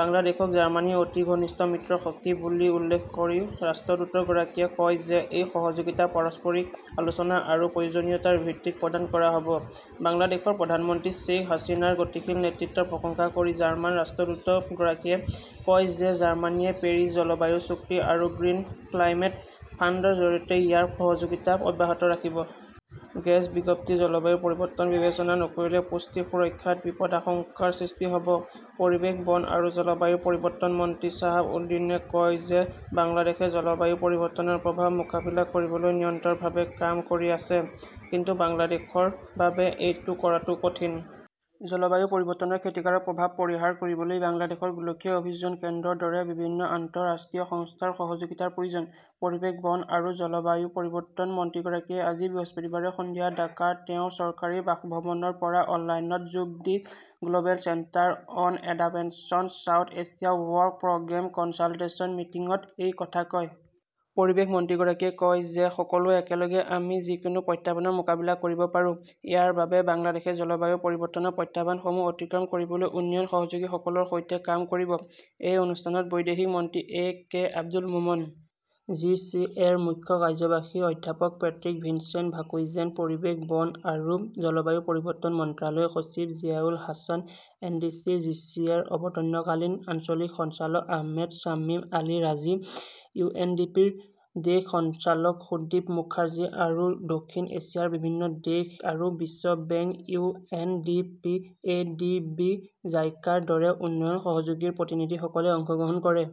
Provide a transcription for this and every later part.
বাংলাদেশক জাৰ্মানীৰ অতি ঘনিষ্ঠ মিত্ৰশক্তি বুলি উল্লেখ কৰি ৰাষ্ট্ৰদূতগৰাকীয়ে কয় যে, এই সহযোগিতা পাৰস্পৰিক আলোচনা আৰু প্ৰয়োজনীয়তাৰ ভিত্তিত প্ৰদান কৰা হ'ব। বাংলাদেশৰ প্ৰধানমন্ত্ৰী শ্বেইখ হাছিনাৰ গতিশীল নেতৃত্বৰ প্ৰশংসা কৰি জাৰ্মান ৰাষ্ট্ৰদূতগৰাকীয়ে কয় যে, জাৰ্মানীয়ে পেৰিছ জলবায়ু চুক্তি আৰু গ্ৰীণ ক্লাইমেট ফাণ্ডৰ জৰিয়তে ইয়াৰ সহযোগিতা অব্যাহত ৰাখিব। প্ৰেছ বিজ্ঞপ্তি জলবায়ু পৰিৱৰ্তন বিবেচনা নকৰিলে পুষ্টি সুৰক্ষাত বিপদাশংকাৰ সৃষ্টি হ'ব। পৰিৱেশ, বন আৰু জলবায়ু পৰিৱৰ্তন মন্ত্ৰী শ্বাহাব উদ্দিনে কয় যে, বাংলাদেশে জলবায়ু পৰিৱৰ্তনৰ প্ৰভাৱ মোকাবিলা কৰিবলৈ নিৰন্তৰভাৱে কাম কৰি আছে। কিন্তু বাংলাদেশৰ বাবে এইটো কৰাটো কঠিন। জলবায়ু পৰিৱৰ্তনৰ ক্ষতিকাৰক প্ৰভাৱ পৰিহাৰ কৰিবলৈ বাংলাদেশৰ গোলকীয় অভিযোজন কেন্দ্ৰৰ দৰে বিভিন্ন আন্তঃৰাষ্ট্ৰীয় সংস্থাৰ সহযোগিতাৰ প্ৰয়োজন। পৰিৱেশ, বন আৰু জলবায়ু পৰিৱৰ্তন মন্ত্ৰীগৰাকীয়ে আজি বৃহস্পতিবাৰে সন্ধিয়া ঢাকাৰ তেওঁৰ চৰকাৰী বাসভৱনৰ পৰা অনলাইনত যোগ দি "Global Center on Adaptation South Asia work programme consultation মিটিং"ত এই কথা কয়। পৰিৱেশ মন্ত্ৰীগৰাকীয়ে কয় যে, সকলোৱে একেলগে আমি যিকোনো প্ৰত্যাহ্বানৰ মোকাবিলা কৰিব পাৰোঁ। ইয়াৰ বাবে বাংলাদেশে জলবায়ু পৰিৱৰ্তনৰ প্ৰত্যাহ্বানসমূহ অতিক্ৰম কৰিবলৈ উন্নয়ন সহযোগীসকলৰ সৈতে কাম কৰিব। এই অনুষ্ঠানত বৈদেশিক মন্ত্ৰী A K Abdul Momen, G C এৰ মুখ্য কাৰ্যবাহী অধ্যাপক পেট্ৰিক ভিনচেণ্ট ভাৰ্কুইজেন, পৰিৱেশ, বন আৰু জলবায়ু পৰিৱৰ্তন মন্ত্ৰালয়ৰ সচিব জিয়াউল হাছান এনডিচি, জিচিএৰ অন্তৱৰ্তীকালীন আঞ্চলিক সঞ্চালক আহমেদ শ্বামিম আল ৰাজী, ইউএনডিপিৰ দেশ সঞ্চালক সুদীপ মুখাৰ্জী আৰু দক্ষিণ এছিয়াৰ বিভিন্ন দেশ আৰু বিশ্ব bank, U N D P, A D B, জাইকাৰ দৰে উন্নয়ন সহযোগীৰ প্ৰতিনিধিসকলে অংশগ্ৰহণ কৰে।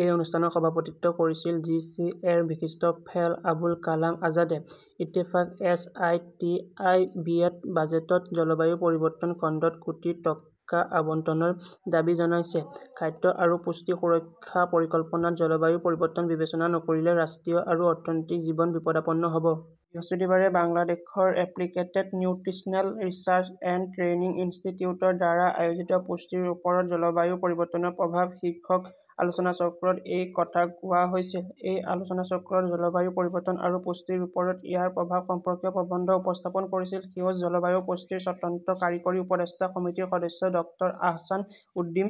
এই অনুষ্ঠানত সভাপতিত্ব কৰিছিল জি চি এৰ বিশিষ্ট ফেল' আবুল কালাম আজাদে। ইত্তেফাক/এছ আই টি আই বিয়েত বাজেটত জলবায়ু পৰিৱৰ্তন খণ্ডত কোটি টকা আবণ্টনৰ দাবী জনাইছে। খাদ্য আৰু পুষ্টি সুৰক্ষা পৰিকল্পনাত জলবায়ু পৰিৱৰ্তন বিবেচনা নকৰিলে ৰাষ্ট্ৰীয় আৰু অৰ্থনৈতিক জীৱন বিপদাপন্ন হ'ব। বৃহস্পতিবাৰে বাংলাদেশৰ applicated nutritional research and training ইনষ্টিটিউটৰ দ্বাৰা আয়োজিত "পুষ্টিৰ ওপৰত জলবায়ু পৰিৱৰ্তনৰ প্ৰভাৱ" শীৰ্ষক আলোচনাচক্ৰত এই কথা কোৱা হৈছিল। এই আলোচনাচক্ৰত জলবায়ু পৰিৱৰ্তন আৰু পুষ্টিৰ ওপৰত ইয়াৰ প্ৰভাৱ সম্পৰ্কীয় প্ৰবন্ধ উপস্থাপন কৰিছিল সেউজ জলবায়ু পুঁজিৰ স্বতন্ত্ৰ কাৰিকৰী উপদেষ্টা সমিতিৰ সদস্য ডক্টৰ আহছান উদ্দীন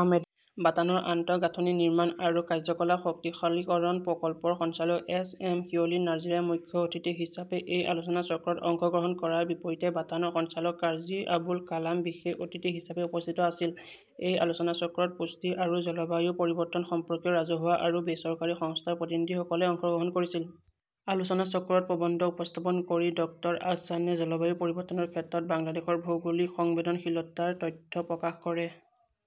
আহমেদে। বাৰ্টানৰ আন্তঃগাঁথনি নিৰ্মাণ আৰু কাৰ্যকলাপ শক্তিশালীকৰণ প্ৰকল্পৰ সঞ্চালক এছ এম শিৱলী নাৰ্জীৰে মুখ্য অতিথি হিচাপে এই আলোচনাচক্ৰত অংশগ্ৰহণ কৰাৰ বিপৰীতে বাৰ্টানৰ সঞ্চালক কাজী আবুল কালাম বিশেষ অতিথি হিচাপে উপস্থিত আছিল। এই আলোচনাচক্ৰত পুষ্টি আৰু জলবায়ু পৰিৱৰ্তন সম্পৰ্কীয় ৰাজহুৱা আৰু বেচৰকাৰী সংস্থাৰ প্ৰতিনিধিসকলে অংশগ্ৰহণ কৰিছিল। আলোচনাচক্ৰত প্ৰবন্ধ উপস্থাপন কৰি ডক্টৰ আহছানে জলবায়ু পৰিৱৰ্তনৰ ক্ষেত্ৰত বাংলাদেশৰ ভৌগোলিক সংবেদনশীলতাৰ তথ্য প্ৰকাশ কৰে।